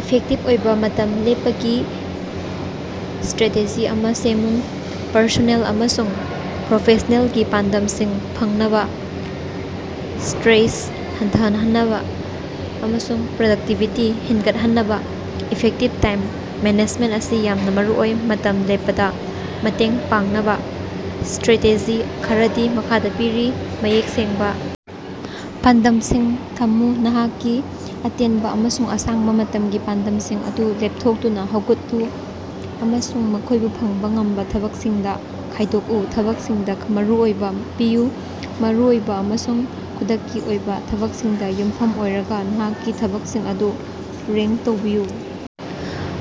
Effective ꯑꯣꯏꯕꯥ ꯃꯇꯝ ꯂꯦꯞꯄꯒꯤ ꯏꯁꯇ꯭ꯔꯦꯇꯦꯖꯤ ꯑꯃꯥ ꯁꯦꯝꯃꯨ꯫ ꯄꯔꯁꯣꯅꯦꯜ ꯑꯃꯁꯨꯡ ꯄ꯭ꯔꯣꯐꯦꯁꯅꯦꯜꯒꯤ ꯄꯥꯟꯗꯝꯁꯤꯡ ꯐꯪꯅꯕꯥ, ꯏꯁꯇ꯭ꯔꯦꯁ ꯍꯟꯊꯍꯟꯅꯕꯥ ꯑꯃꯁꯨꯡ ꯄ꯭ꯔꯗꯛꯇꯤꯕꯤꯇꯤ ꯍꯦꯟꯒꯠꯍꯟꯅꯕꯥ ꯏꯐꯦꯛꯇꯤꯕ ꯇꯥꯏꯝ ꯃꯦꯅꯦꯖꯃꯦꯟꯇ ꯑꯁꯤ ꯌꯥꯝꯅꯥ ꯃꯔꯨꯑꯣꯏ꯫ ꯃꯇꯝ ꯂꯦꯞꯄꯗꯥ ꯃꯇꯦꯡ ꯄꯥꯡꯅꯕꯥ ꯏꯁꯇ꯭ꯔꯦꯇꯦꯖꯤ ꯈꯔꯗꯤ ꯃꯈꯥꯗꯥ ꯄꯤꯔꯤ: ꯃꯌꯦꯛ ꯁꯦꯡꯕꯥ ꯄꯥꯟꯗꯝꯁꯤꯡ ꯊꯝꯃꯨ: ꯅꯍꯥꯛꯀꯤ ꯑꯇꯦꯟꯕꯥ ꯑꯃꯁꯨꯡ ꯑꯁꯥꯡꯕꯥ ꯃꯇꯝꯒꯤ ꯄꯥꯟꯗꯝꯁꯤꯡ ꯑꯗꯨ ꯂꯦꯞꯊꯣꯛꯇꯨꯅꯥ ꯍꯧꯒꯠꯂꯨ ꯑꯃꯁꯨꯡ ꯃꯈꯣꯏꯕꯨ ꯐꯪꯕꯥ ꯉꯝꯕꯥ ꯊꯕꯛꯁꯤꯡꯗꯥ ꯈꯥꯏꯗꯣꯛꯎ꯫ ꯊꯕꯛꯁꯤꯡꯗꯥ ꯃꯔꯨ ꯑꯣꯏꯕꯥ ꯄꯤꯌꯨ: ꯃꯔꯨꯑꯣꯏꯕꯥ ꯑꯃꯁꯨꯡ ꯈꯨꯗꯛꯀꯤ ꯑꯣꯏꯕꯥ ꯊꯕꯛꯁꯤꯡꯗꯥ ꯌꯨꯝꯐꯝ ꯑꯣꯏꯔꯒꯥ ꯅꯍꯥꯛꯀꯤ ꯊꯕꯛꯁꯤꯡ ꯑꯗꯨ ꯔꯦꯡ ꯇꯧꯕꯤꯌꯨ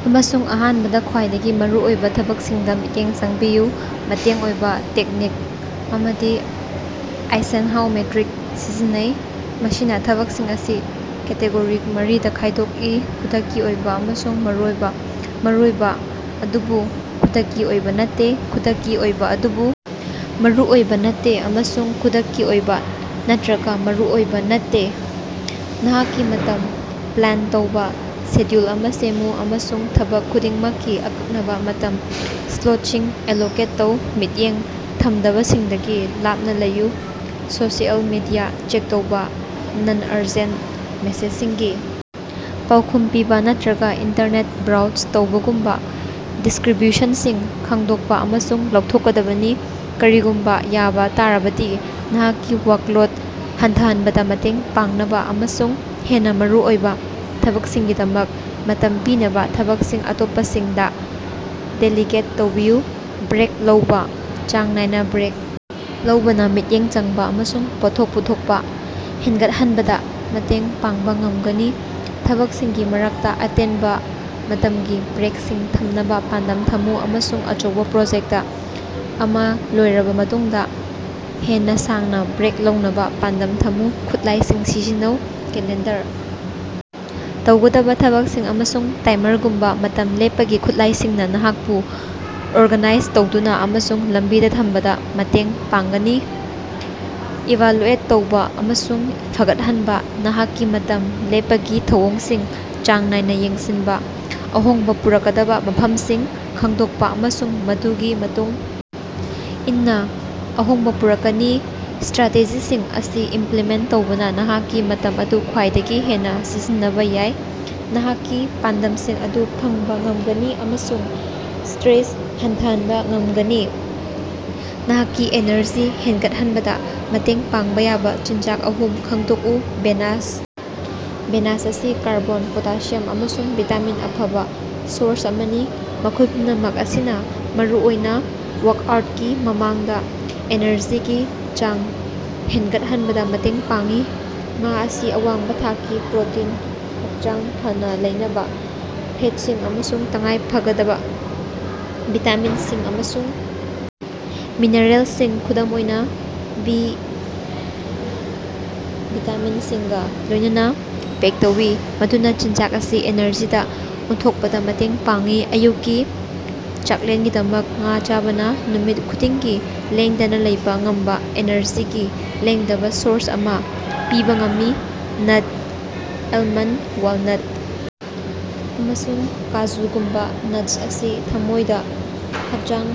ꯑꯃꯁꯨꯡ ꯑꯍꯥꯟꯕꯗꯥ ꯈ꯭ꯋꯥꯏꯗꯒꯤ ꯃꯔꯨ ꯑꯣꯏꯕꯥ ꯊꯕꯛꯁꯤꯡꯗꯥ ꯃꯤꯠꯌꯦꯡ ꯆꯪꯕꯤꯌꯨ꯫ ꯃꯇꯦꯡ ꯑꯣꯏꯕꯥ ꯇꯦꯛꯅꯤꯛ ꯑꯃꯗꯤ ꯑꯥꯏꯁꯦꯟꯍꯥꯎ ꯃꯦꯇ꯭ꯔꯤꯛ ꯁꯤꯖꯤꯟꯅꯩ, ꯃꯁꯤꯅꯥ ꯊꯕꯛꯁꯤꯡ ꯑꯁꯤ ꯀꯦꯇꯦꯒꯣꯔꯤ ꯃꯔꯤꯗꯥ ꯈꯥꯏꯗꯣꯀꯏ: ꯈꯨꯗꯛꯀꯤ ꯑꯣꯏꯕꯥ ꯑꯃꯁꯨꯡ ꯃꯔꯨꯑꯣꯏꯕꯥ, ꯃꯔꯨꯑꯣꯏꯕꯥ ꯑꯗꯨꯕꯨ ꯈꯨꯗꯛꯀꯤ ꯑꯣꯏꯕꯥ ꯅꯠꯇꯦ, ꯈꯨꯗꯛꯀꯤ ꯑꯣꯏꯕꯥ ꯑꯗꯨꯕꯨ ꯃꯔꯨꯑꯣꯏꯕꯥ ꯅꯠꯇꯦ, ꯑꯃꯁꯨꯡ ꯈꯨꯗꯛꯀꯤ ꯑꯣꯏꯕꯥ ꯅꯠꯔꯒꯥ ꯃꯔꯨꯑꯣꯏꯕꯥ ꯅꯠꯇꯦ꯫ ꯅꯍꯥꯛꯀꯤ ꯃꯇꯝ ꯄ꯭ꯂꯥꯟ ꯇꯧꯕꯥ: ꯁꯦꯗ꯭ꯌꯨꯜ ꯑꯃꯥ ꯁꯦꯝꯃꯨ ꯑꯃꯁꯨꯡ ꯊꯕꯛ ꯈꯨꯗꯤꯡꯃꯛꯀꯤ ꯑꯀꯛꯅꯕꯥ ꯃꯇꯝ ꯁ꯭ꯂꯣꯠꯁꯤꯡ ꯑꯦꯂꯣꯀꯦꯠ ꯇꯧ꯫ ꯃꯤꯠꯌꯦꯡ ꯊꯝꯗꯕꯁꯤꯡꯗꯒꯤ ꯂꯥꯞꯅꯥ ꯂꯩꯌꯨ: ꯁꯣꯁꯤꯑꯦꯜ ꯃꯤꯗꯤꯌꯥ ꯆꯦꯛ ꯇꯧꯕꯥ, ꯅꯟ-ꯑꯔꯖꯦꯟꯇ ꯃꯦꯁꯦꯖꯁꯤꯡꯒꯤ ꯄꯥꯎꯈꯨꯝ ꯄꯤꯕꯥ, ꯅꯠꯇ꯭ꯔꯒꯥ ꯏꯟꯇꯔꯅꯦꯠ ꯕ꯭ꯔꯥꯎꯖ ꯇꯧꯕꯒꯨꯝꯕꯥ ꯗꯤꯁꯀ꯭ꯔꯤꯕ꯭ꯌꯨꯁꯟꯁꯤꯡ ꯈꯪꯗꯣꯛꯄꯥ ꯑꯃꯁꯨꯡ ꯂꯧꯊꯣꯛꯀꯗꯕꯅꯤ꯫ ꯀꯔꯤꯒꯨꯝꯕꯥ ꯌꯥꯕꯥ ꯇꯥꯔꯕꯗꯤ, ꯅꯍꯥꯛꯀꯤ ꯋꯥꯛꯂꯣꯠ ꯍꯟꯊꯍꯟꯕꯗꯥ ꯃꯇꯦꯡ ꯄꯥꯡꯅꯕꯥ ꯑꯃꯁꯨꯡ ꯍꯦꯟꯅꯥ ꯃꯔꯨꯑꯣꯏꯕꯥ ꯊꯕꯛꯁꯤꯡꯒꯤꯗꯃꯛ ꯃꯇꯝ ꯄꯤꯅꯕꯥ ꯊꯕꯛꯁꯤꯡ ꯑꯇꯣꯞꯄꯁꯤꯡꯗꯥ ꯗꯦꯂꯤꯒꯦꯠ ꯇꯧꯕꯤꯎ꯫ ꯕ꯭ꯔꯦꯛ ꯂꯧꯕꯥ: ꯆꯥꯡ ꯅꯥꯏꯅꯥ ꯕ꯭ꯔꯦꯛ ꯂꯧꯕꯅꯥ ꯃꯤꯠꯌꯦꯡ ꯆꯪꯕꯥ ꯑꯃꯁꯨꯡ ꯄꯣꯠꯊꯣꯛ ꯄꯨꯊꯣꯛꯄꯥ ꯍꯦꯟꯅꯒꯠꯍꯟꯕꯗꯥ ꯃꯇꯦꯡ ꯄꯥꯡꯕꯥ ꯉꯝꯒꯅꯤ꯫ ꯊꯕꯛꯁꯤꯡꯒꯤ ꯃꯔꯛꯇꯥ ꯑꯇꯦꯟꯕꯥ ꯃꯇꯝꯒꯤ ꯕ꯭ꯔꯦꯛꯁꯤꯡ ꯊꯝꯅꯕꯥ ꯄꯥꯟꯗꯝ ꯊꯝꯃꯨ ꯑꯃꯁꯨꯡ ꯑꯆꯧꯕꯥ ꯄ꯭ꯔꯣꯖꯦꯛꯇ ꯑꯃꯥ ꯂꯣꯏꯔꯕꯥ ꯃꯇꯨꯡꯗꯥ ꯍꯦꯟꯅꯥ ꯁꯥꯡꯅꯥ ꯕ꯭ꯔꯦꯛ ꯂꯧꯅꯕꯥ ꯄꯥꯟꯗꯝ ꯊꯝꯃꯨ꯫ ꯈꯨꯠꯂꯥꯏꯁꯤꯡ ꯁꯤꯖꯤꯟꯅꯧ: ꯀꯦꯂꯦꯟꯗꯔ, ꯇꯧꯒꯗꯕꯥ ꯊꯕꯛꯁꯤꯡ ꯑꯃꯁꯨꯡ ꯇꯥꯏꯃꯔꯒꯨꯝꯕꯥ ꯃꯇꯝ ꯂꯦꯞꯄꯒꯤ ꯈꯨꯠꯂꯥꯏꯁꯤꯡꯅꯥ ꯅꯍꯥꯛꯄꯨ ꯑꯣꯔꯒꯅꯥꯏꯖ ꯇꯧꯗꯨꯅꯥ ꯑꯃꯁꯨꯡ ꯂꯝꯕꯤꯗꯥ ꯊꯝꯕꯗꯥ ꯃꯇꯦꯡ ꯄꯥꯡꯒꯅꯤ꯫ ꯏꯚꯥꯂꯨꯑꯦꯠ ꯇꯧꯕꯥ ꯑꯃꯁꯨꯡ ꯐꯒꯠꯍꯟꯕꯥ: ꯅꯍꯥꯛꯀꯤ ꯃꯇꯝ ꯂꯦꯞꯄꯒꯤ ꯊꯧꯑꯣꯡꯁꯤꯡ ꯆꯥꯡ ꯅꯥꯏꯅꯥ ꯌꯦꯡꯁꯤꯟꯕꯥ, ꯑꯍꯣꯡꯕꯥ ꯄꯨꯔꯛꯀꯗꯕꯥ ꯃꯐꯝꯁꯤꯡ ꯈꯪꯗꯣꯛꯄꯥ ꯑꯃꯁꯨꯡ ꯃꯗꯨꯒꯤ ꯃꯇꯨꯡ ꯏꯟꯅꯥ ꯑꯍꯣꯡꯕꯥ ꯄꯨꯔꯛꯀꯅꯤ꯫ ꯏꯁꯇ꯭ꯔꯥꯇꯦꯖꯤꯁꯤꯡ ꯑꯁꯤ ꯏꯝꯄ꯭ꯂꯤꯃꯦꯟ ꯇꯧꯕꯅꯥ ꯅꯍꯥꯛꯀꯤ ꯃꯇꯝ ꯑꯗꯨ ꯈ꯭ꯋꯥꯏꯗꯒꯤ ꯍꯦꯟꯅꯥ ꯁꯤꯖꯤꯟꯅꯕꯥ ꯌꯥꯏ, ꯅꯍꯥꯛꯀꯤ ꯄꯥꯟꯗꯝꯁꯤꯡ ꯑꯗꯨ ꯐꯪꯕꯥ ꯉꯝꯒꯅꯤ ꯑꯃꯁꯨꯡ ꯏꯁꯇ꯭ꯔꯦꯁ ꯍꯟꯊꯍꯟꯕꯥ ꯉꯝꯒꯅꯤ꯫ ꯅꯍꯥꯛꯀꯤ ꯑꯦꯅꯔꯖꯤ ꯍꯦꯟꯒꯠꯍꯟꯕꯗꯥ ꯃꯇꯦꯡ ꯄꯥꯡꯕꯥ ꯌꯥꯕꯥ ꯆꯤꯟꯖꯥꯛ ꯑꯍꯨꯝ ꯈꯪꯗꯣꯛꯎ꯫ ꯕꯦꯅꯥꯁ: ꯕꯦꯅꯥꯁ ꯑꯁꯤ ꯀꯥꯔꯕꯣꯟ, ꯄꯣꯇꯥꯁꯤꯌꯝ ꯑꯃꯁꯨꯡ ꯚꯤꯇꯥꯃꯤꯟ ꯑꯐꯕꯥ ꯁꯣꯔꯁ ꯑꯃꯅꯤ, ꯃꯈꯣꯏ ꯄꯨꯝꯅꯃꯛ ꯑꯁꯤꯅꯥ ꯃꯔꯨꯑꯣꯏꯅꯥ ꯋꯥꯛꯑꯥꯎꯇꯀꯤ ꯃꯃꯥꯡꯗꯥ ꯑꯦꯅꯔꯖꯤꯒꯤ ꯆꯥꯡ ꯍꯦꯟꯒꯠꯍꯟꯕꯗꯥ ꯃꯇꯦꯡ ꯄꯥꯡꯏ꯫ ꯉꯥ ꯑꯁꯤ ꯑꯋꯥꯡꯕꯥ ꯊꯥꯛꯀꯤ ꯄ꯭ꯔꯣꯇꯤꯟ, ꯍꯛꯆꯥꯡ ꯐꯅꯥ ꯂꯩꯅꯕꯥ ꯐꯦꯠꯁꯤꯡ ꯑꯃꯁꯨꯡ ꯇꯉꯥꯏꯐꯗꯕꯥ ꯚꯤꯇꯥꯃꯤꯟꯁꯤꯡ ꯑꯃꯁꯨꯡ ꯃꯤꯅꯔꯦꯜꯁꯤꯡ, ꯈꯨꯗꯝ ꯑꯣꯏꯅꯥ ꯕꯤ ꯚꯤꯇꯥꯃꯤꯟꯁꯤꯡꯒꯥ ꯂꯣꯏꯅꯅꯥ ꯄꯦꯛ ꯇꯧꯏ, ꯃꯗꯨꯅꯥ ꯆꯤꯟꯖꯥꯛ ꯑꯁꯤ ꯑꯦꯅꯔꯖꯤꯗꯥ ꯑꯣꯟꯊꯣꯛꯄꯗꯥ ꯃꯇꯦꯡ ꯄꯥꯡꯏ꯫ ꯑꯌꯨꯛꯀꯤ ꯆꯥꯛꯂꯦꯟꯒꯤꯗꯃꯛ ꯉꯥ ꯆꯥꯕꯅꯥ ꯅꯨꯃꯤꯠ ꯈꯨꯗꯤꯡꯒꯤ ꯂꯦꯡꯗꯅꯥ ꯂꯩꯕꯥ ꯉꯝꯕꯥ ꯑꯦꯅꯔꯖꯤꯒꯤ ꯂꯦꯡꯗꯕꯥ ꯁꯣꯔꯁ ꯑꯃꯥ ꯄꯤꯕꯥ ꯉꯝꯃꯤ꯫ ꯅꯠ: ꯑꯦꯜꯃꯟꯗ, ꯋꯥꯜꯅꯠ ꯑꯃꯁꯨꯡ ꯀꯥꯖꯨꯒꯨꯝꯕꯥ ꯅꯠꯁ ꯑꯁꯤ ꯊꯝꯃꯣꯏꯗꯥ ꯍꯛꯆꯥꯡ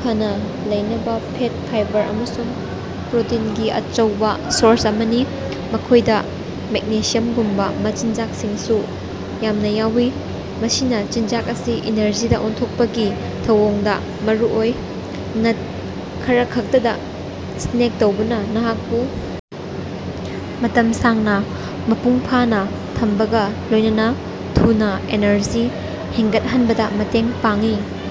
ꯐꯅꯥ ꯂꯩꯅꯕꯥ ꯐꯦꯠ, ꯐꯥꯏꯕꯔ ꯑꯃꯁꯨꯡ ꯄ꯭ꯔꯣꯇꯤꯟꯒꯤ ꯑꯆꯧꯕꯥ ꯁꯣꯔꯁ ꯑꯃꯅꯤ꯫ ꯃꯈꯣꯏꯗꯥ ꯃꯦꯛꯅꯦꯁꯤꯌꯝꯒꯨꯝꯕꯥ ꯃꯆꯤꯟꯖꯥꯛꯁꯤꯡꯁꯨ ꯌꯥꯝꯅꯥ ꯌꯥꯎꯏ, ꯃꯁꯤꯅꯥ ꯆꯤꯟꯖꯥꯛ ꯑꯁꯤ ꯏꯅꯔꯖꯤꯗꯥ ꯑꯣꯟꯊꯣꯛꯄꯒꯤ ꯊꯧꯑꯣꯡꯗꯥ ꯃꯔꯨ ꯑꯣꯏ꯫ ꯅꯠ ꯈꯔꯈꯛꯇꯗꯥ ꯁ꯭ꯅꯦꯛ ꯇꯧꯕꯅꯥ ꯅꯍꯥꯛꯄꯨ ꯃꯇꯝ ꯁꯥꯡꯅꯥ ꯃꯄꯨꯡ ꯐꯥꯅꯥ ꯊꯝꯕꯒꯥ ꯂꯣꯏꯅꯅꯥ ꯊꯨꯅꯥ ꯑꯦꯅꯔꯖꯤ ꯍꯦꯟꯒꯠꯍꯟꯕꯗꯥ ꯃꯇꯦꯡ ꯄꯥꯡꯏ꯫